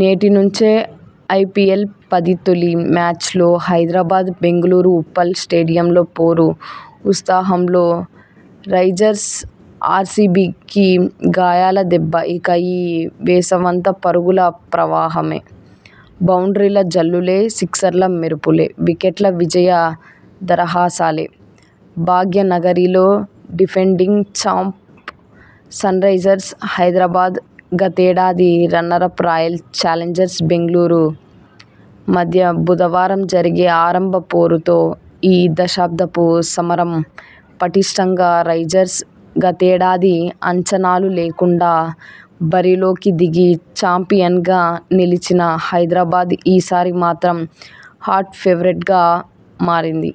నేటి నుంచే ఐపీఎల్-పది తొలి మ్యాచ్లో హైదరాబాద్ బెంగళూరు ఉప్పల్ స్టేడియంలో పోరు ఉత్సాహంలో రైజర్స్ఆర్సీబీకి గాయాల దెబ్బ ఇక ఈ వేసవంతా పరుగుల ప్రవాహమే. బౌండ్రీల జల్లులే. సిక్సర్ల మెరుపులే. వికెట్ల విజయ దరహాసాలే! భాగ్యనగరిలో డిఫెండింగ్ చాంప్ సన్రైజర్స్ హైదరాబాద్, గతేడాది రన్నరప్ రాయల్ చాలెంజర్స్ బెంగళూరు మధ్య బుధవారం జరిగే ఆరంభ పోరుతో ఈ 'దశాబ్దపు' సమరం పటిష్టంగా రైజర్స్ గతేడాది అంచనాలు లేకుండా బరిలోకి దిగి చాంపియన్గా నిలిచిన హైదరాబాద్ ఈసారి మాత్రం హాట్ ఫేవరెట్గా మారింది.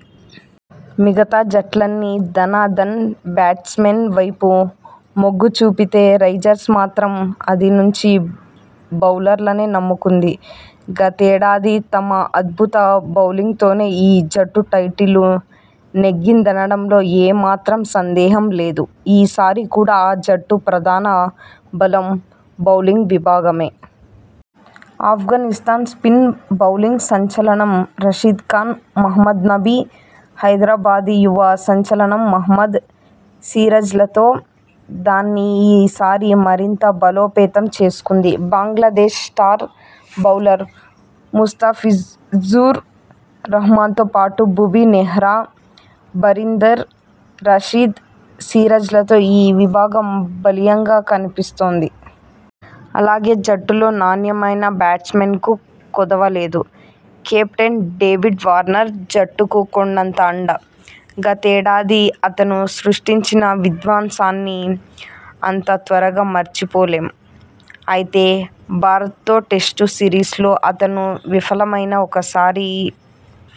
మిగతా జట్లన్నీ ధనాధన్ బ్యాట్స్మెన్ వైపు మొగ్గు చూపితే రైజర్స్ మాత్రం ఆది నుంచి బౌలర్లనే నమ్ముకుంది. గతేడాది తమ అద్భుత బౌలింగ్తోనే ఈ జట్టు టైటిల్ నెగ్గిందనడంలో ఏ మాత్రం సందేహం లేదు. ఈ సారి కూడా ఆ జట్టు ప్రధాన బలం బౌలింగ్ విభాగమే. అఫ్ఘానిస్థాన్ స్పిన్ బౌలింగ్ సంచలనం రషీద్ ఖాన్, మహమ్మద్ నబీ, హైదరాబాదీ యువ సంచలనం మహ్మద్ సిరాజ్లతో దాన్ని ఈ సారి మరింత బలోపేతం చేసుకుంది. బంగ్లాదేశ్ స్టార్ బౌలర్ ముస్తాఫిజ్జుర్ రహ్మాన్తో పాటు భువీ, నెహ్రా, బరీందర్, రషీద్, సిరాజ్లతో ఈ విభాగం బలీయంగా కనిపిస్తోంది. అలాగే, జట్టులో నాణ్యమైన బ్యాట్స్మెన్కూ కొదవ లేదు. కెప్టెన్ డేవిడ్ వార్నర్ జట్టుకు కొండంత అండ. గతేడాది అతను సృష్టించిన విధ్వంసాన్ని అంత త్వరగా మరిచిపోలేం. అయితే, భారత్తో టెస్టు సిరీస్ లో అతను విఫలమైనా ఒక్కసారి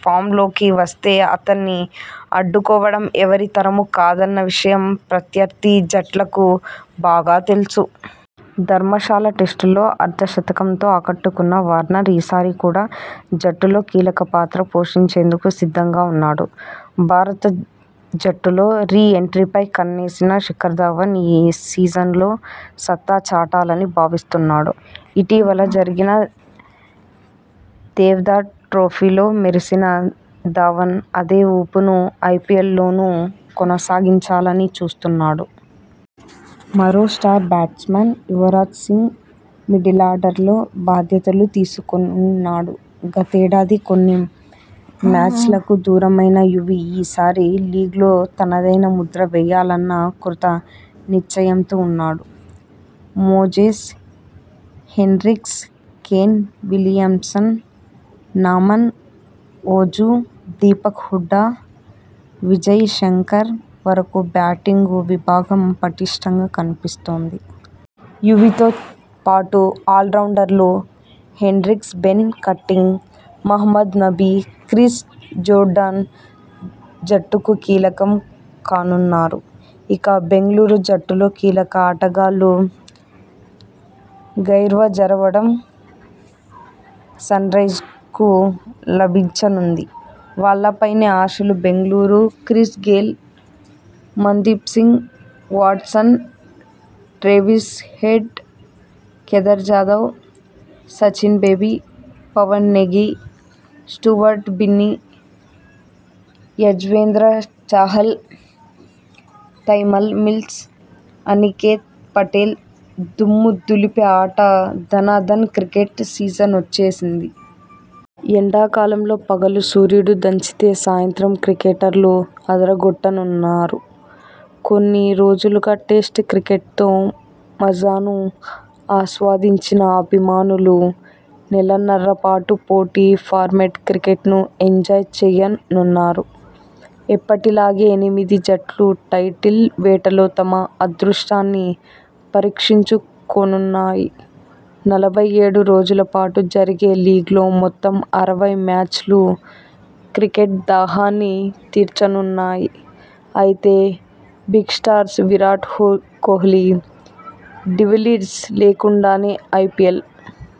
ఫామ్లోకి వస్తే అతణ్ణి అడ్డుకోవడం ఎవరితరమూ కాదన్న విషయం ప్రత్యర్థి జట్లకు బాగా తెలుసు. ధర్మశాల టెస్టులో అర్ధ శతకంతో ఆకట్టుకున్న వార్నర్ ఈ సారి కూడా జట్టులో కీలక పాత్ర పోషించేందుకు సిద్ధంగా ఉన్నాడు. భారత జట్టులో రీ ఎంట్రీపై కన్నేసిన శిఖర్ ధవన్ ఈ సీజన్లో సత్తా చాటాలని భావిస్తున్నాడు. ఇటీవల జరిగిన దేవ్ధర్ ట్రోఫీలో మెరిసిన ధవన్ అదే ఊపును ఐపీఎల్లోనూ కొనసాగించాలని చూస్తున్నాడు. మరో స్టార్ బ్యాట్స్మన్ యువరాజ్ సింగ్ మిడిలార్డర్లో బాధ్యతలు తీసుకోనున్నాడు. గతేడాది కొన్ని మ్యాచ్లకు దూరమైన యువీ. ఈ సారి లీగ్లో తనదైన ముద్ర వేయాలన్న కృత నిశ్చయంతో ఉన్నాడు. Moses Henriques, Kane Williamson, Naman Ojha, Deepak Hooda, Vijay Shankar వరకూ బ్యాటింగ్ విభాగం పటిష్టంగా కనిపిస్తోంది. యువీతో పాటు ఆల్రౌండర్లు Henriques, Ben Cutting, Mohammad Nabi, Chris Jordan జట్టుకు కీలకం కానున్నారు. ఇక, బెంగళూరు జట్టులో కీలక ఆటగాళ్లు గైర్హాజరవడం సన్రైజర్స్కు లభించనుంది. వాళ్లపైనే ఆశలు Bengaluru Chris Gayle, Mandeep Singh, Watson, Travis Head, Kedar Jadhav, Sachin Baby, Pawan Negi, Stuart Binny, Yuzvendra Chahal, Tymal Mills, Aniket Patel దుమ్ముదులిపే ఆట ధనాధన్ క్రికెట్ సీజనొచ్చేసింది. ఎండా కాలంలో పగలు సూర్యుడు దంచితే. సాయంత్రం క్రికెటర్లు అదరగొట్టనున్నారు. కొన్ని రోజులుగా టెస్ట్ క్రికెట్తో మజాను ఆస్వాదించిన అభిమానులు. నెలన్నర పాటు పొట్టి ఫార్మాట్ క్రికెట్ను ఎంజాయ్ చేయనున్నారు. ఎప్పటిలాగే ఎనిమిది జట్లు టైటిల్ వేటలో తమ అదృష్టాన్ని పరీక్షించుకోనున్నాయి. నలభై ఏడు రోజులపాటు జరిగే లీగ్లో మొత్తం అరవై మ్యాచ్లు క్రికెట్ దాహాన్ని తీర్చనున్నాయి. అయితే బిగ్స్టార్స్ విరాట్ హో కోహ్లీ, డివిల్లీర్స్ లేకుండానే ఐపీఎల్